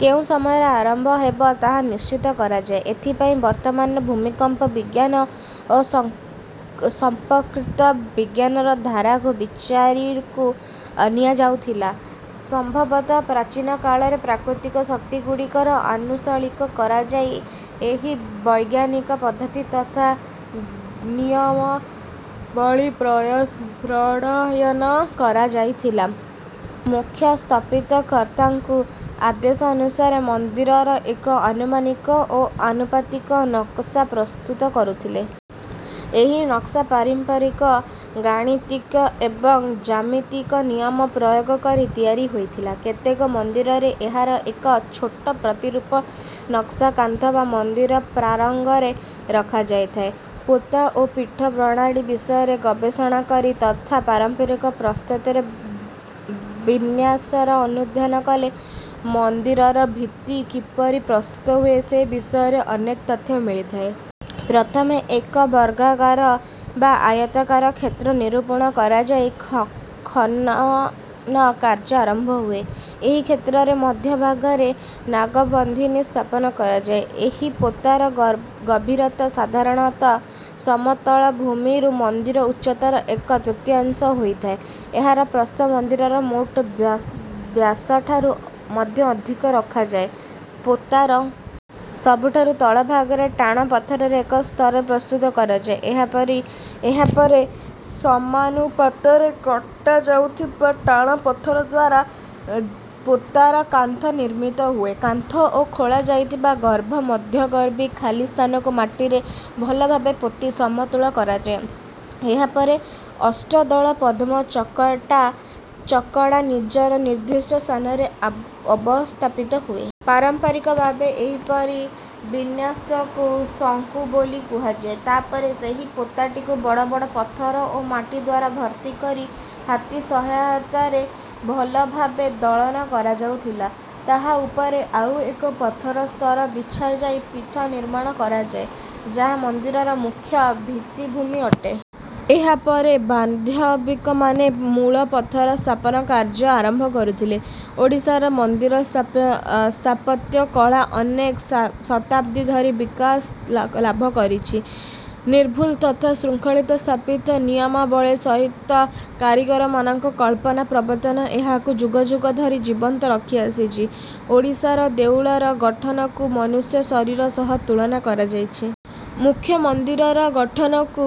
କେଉଁ ସମୟରେ ଆରମ୍ଭ ହେବ ତାହା ନିଶ୍ଚିତ କରାଯାଉଥିଲା। ଏଥିପାଇଁ ବର୍ତ୍ତମାନର ଭୂମିକମ୍ପ ବିଜ୍ଞାନ ଓ ସମ ସଂପର୍କିତ ବିଜ୍ଞାନର ଧାରାକୁ ବିଚାରକୁ ନିଆଯାଉଥିଲା। ସମ୍ଭବତଃ ପ୍ରାଚୀନ କାଳରେ ପ୍ରାକୃତିକ ଶକ୍ତିଗୁଡ଼ିକର ଆନୁସୈଳିକ କରାଯାଇ ଏହି ବୈଜ୍ଞାନିକ ପଦ୍ଧତି ତଥା ନିୟମାବଳୀ ପ୍ରଣ ପ୍ରଣୟନ କରାଯାଇଥିଲା। ମୁଖ୍ୟ ସ୍ଥପତି କର୍ତ୍ତାଙ୍କ ଆଦେଶାନୁସାରେ ମନ୍ଦିରର ଏକ ଆନୁମାନିକ ଓ ଆନୁପାତିକ ନକସା ପ୍ରସ୍ତୁତ କରୁଥିଲେ। ଏହି ନକସା ପାରମ୍ପରିକ ଗାଣିତିକ ଏବଂ ଜ୍ୟାମିତିକ ନିୟମ ପ୍ରୟୋଗ କରି ତିଆରି ହେଉଥିଲା। କେତେକ ମନ୍ଦିରରେ ଏହାର ଏକ ଛୋଟ ପ୍ରତିରୂପ ନକସା କାନ୍ଥ ବା ମନ୍ଦିର ପ୍ରାରଙ୍ଗରେ ରଖାଯାଇଥାଏ। ପୋତା ଓ ପୀଠ ପ୍ରଣାଳୀ ବିଷୟରେ ଗବେଷଣା କରି ତଥା ପାରମ୍ପରିକ ପ୍ରସ୍ତତରେ ବିନ୍ୟାସର ଅନୁଧ୍ୟାନ କଲେ ମନ୍ଦିରର ଭିତ୍ତି କିପରି ପ୍ରସ୍ତୁତ ହୁଏ ସେ ବିଷୟରେ ଅନେକ ତଥ୍ୟ ମିଳିଥାଏ। ପ୍ରଥମେ ଏକ ବର୍ଗାକାର ବା ଆୟତାକାର କ୍ଷେତ୍ର ନିରୂପଣ କରାଯାଇ ଖନନ କାର୍ଯ୍ୟ ଆରମ୍ଭ ହୁଏ। ଏହି କ୍ଷେତ୍ରର ମଧ୍ୟଭାଗରେ ନାଗବନ୍ଧନୀ ସ୍ଥାପନ କରାଯାଏ। ଏହି ପୋତାର ଗଭୀରତା ସାଧାରଣତଃ ସମତଳ ଭୂମିରୁ ମନ୍ଦିର ଉଚ୍ଚତାର ଏକ ତୃତୀୟାଂଶ ହୋଇଥାଏ। ଏହାର ପ୍ରସ୍ଥ ମନ୍ଦିରର ମୋଟ ବ୍ୟାସଠାରୁ ମଧ୍ୟ ଅଧିକ ରଖାଯାଏ। ପୋତାର ସବୁଠାରୁ ତଳ ଭାଗରେ ଟାଣ ପଥରର ଏକ ସ୍ତର ପ୍ରସ୍ତୁତ କରାଯାଏ। ଏହାପରେ ସମାନୁପାତରେ କଟାଯାଇଥିବା ଟାଣ ପଥର ଦ୍ୱାରା ପୋତାର କାନ୍ଥ ନିର୍ମିତ ହୁଏ। କାନ୍ଥ ଓ ଖୋଳାଯାଇଥିବା ଗର୍ତ୍ତ ମଧ୍ୟବର୍ତ୍ତୀ ଖାଲି ସ୍ଥାନକୁ ମାଟିରେ ଭଲଭାବେ ପୋତି ସମତୁଲ କରାଯାଏ। ଏହାପରେ ଅଷ୍ଟଦଳ ପଦ୍ମ ଚକଡ଼ା ନିଜର ନିର୍ଦ୍ଦିଷ୍ଟ ସ୍ଥାନରେ ଅବ ଅବସ୍ଥାପିତ ହୁଏ। ପାରମ୍ପରିକ ଭାବେ ଏହିପରି ବିନ୍ୟାସକୁ ଶଙ୍କୁ ବୋଲି କୁହାଯାଏ। ତାପରେ ସେହି ପୋତାଟିକୁ ବଡ଼ ବଡ଼ ପଥର ଓ ମାଟି ଦ୍ୱାରା ଭର୍ତ୍ତି କରି ହାତୀ ସହାୟତାରେ ଭଲଭାବେ ଦଳନ କରାଯାଉଥିଲା। ତାହା ଉପରେ ଆଉ ଏକ ପଥର ସ୍ତର ବିଛାଯାଇ ପୀଠ ନିର୍ମାଣ କରାଯାଏ ଯାହା ମନ୍ଦିରର ମୁଖ୍ୟ ଭିତ୍ତିଭୂମି ଅଟେ। ଏହାପରେ ବାର୍ଦ୍ଧବିକମାନେ ମୂଳ ପଥର ସ୍ଥାପନ କାର୍ଯ୍ୟ ଆରମ୍ଭ କରୁଥିଲେ। ଓଡ଼ିଶାର ମନ୍ଦିର ସ୍ଥାପ ସ୍ଥାପତ୍ୟ କଳା ଅନେକ ଶତାବ୍ଦୀ ଧରି ବିକାଶ ଲା ଲାଭ କରିଛି। ନିର୍ଭୁଲ ତଥା ଶୃଙ୍ଖଳିତ ସ୍ଥାପିତ ନିୟମାବଳୀ ସହିତ କାରିଗରମାନଙ୍କ କଳ୍ପନା ପ୍ରବଣତା ଏହାକୁ ଯୁଗ ଯୁଗ ଧରି ଜୀବନ୍ତ ରଖିଆସିଛି। ଓଡ଼ିଶାର ଦେଉଳର ଗଠନକୁ ମନୁଷ୍ୟ ଶରୀର ସହ ତୁଳନା କରାଯାଇଛି। ମୁଖ୍ୟ ମନ୍ଦିରର ଗଠନକୁ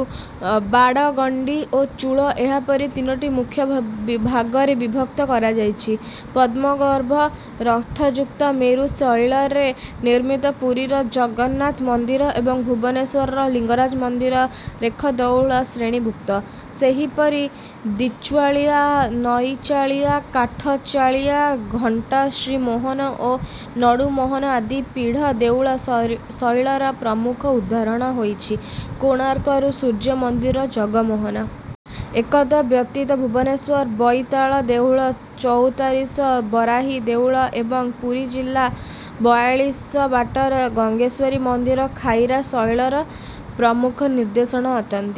ବାଡ଼ ଗଣ୍ଡି ଓ ଚୁଳ ଏହାପରି ତିନୋଟି ମୁଖ୍ୟ ଭ ଭାଗରେ ବିଭକ୍ତ କରାଯାଇଛି। ପଦ୍ମଗର୍ଭ ରଥଯୁକ୍ତ ମେରୁ ଶୈଳୀରେ ନିର୍ମିତ ପୁରୀର ଶ୍ରୀଜଗନ୍ନାଥ ମନ୍ଦିର ଏବଂ ଭୁବନେଶ୍ୱରର ଲିଙ୍ଗରାଜ ମନ୍ଦିର ରେଖ ଦେଉଳ ଶ୍ରେଣୀଭୁକ୍ତ। ସେହିପରି ଦ୍ୱିଚାଳିଆ ନଅଚାଳିଆ କାଠଚାଳିଆ ଘଣ୍ଟଶ୍ରୀମୋହନ ଓ ନଡ଼ୁମୋହନ ଆଦି ପୀଢ଼ ଦେଉଳ ସୈର ଶୈଳୀର ପ୍ରମୁଖ ଉଦାହରଣ ହେଉଛି କୋଣାର୍କର ସୂର୍ଯ୍ୟ ମନ୍ଦିରର ଜଗମୋହନ। ଏକଦ୍ ବ୍ୟତୀତ ଭୁବନେଶ୍ୱରର ବଇତାଳ ଦେଉଳ ଚଉତାରିଶର ବରାହୀ ଦେଉଳ ଏବଂ ପୁରୀ ଜିଲ୍ଲା ବୟାଳିଶବାଟିର ଗଙ୍ଗେଶ୍ୱରୀ ମନ୍ଦିର ଖାକରା ଶୈଳୀର ପ୍ରମୁଖ ନିଦର୍ଶନ ଅଟନ୍ତି।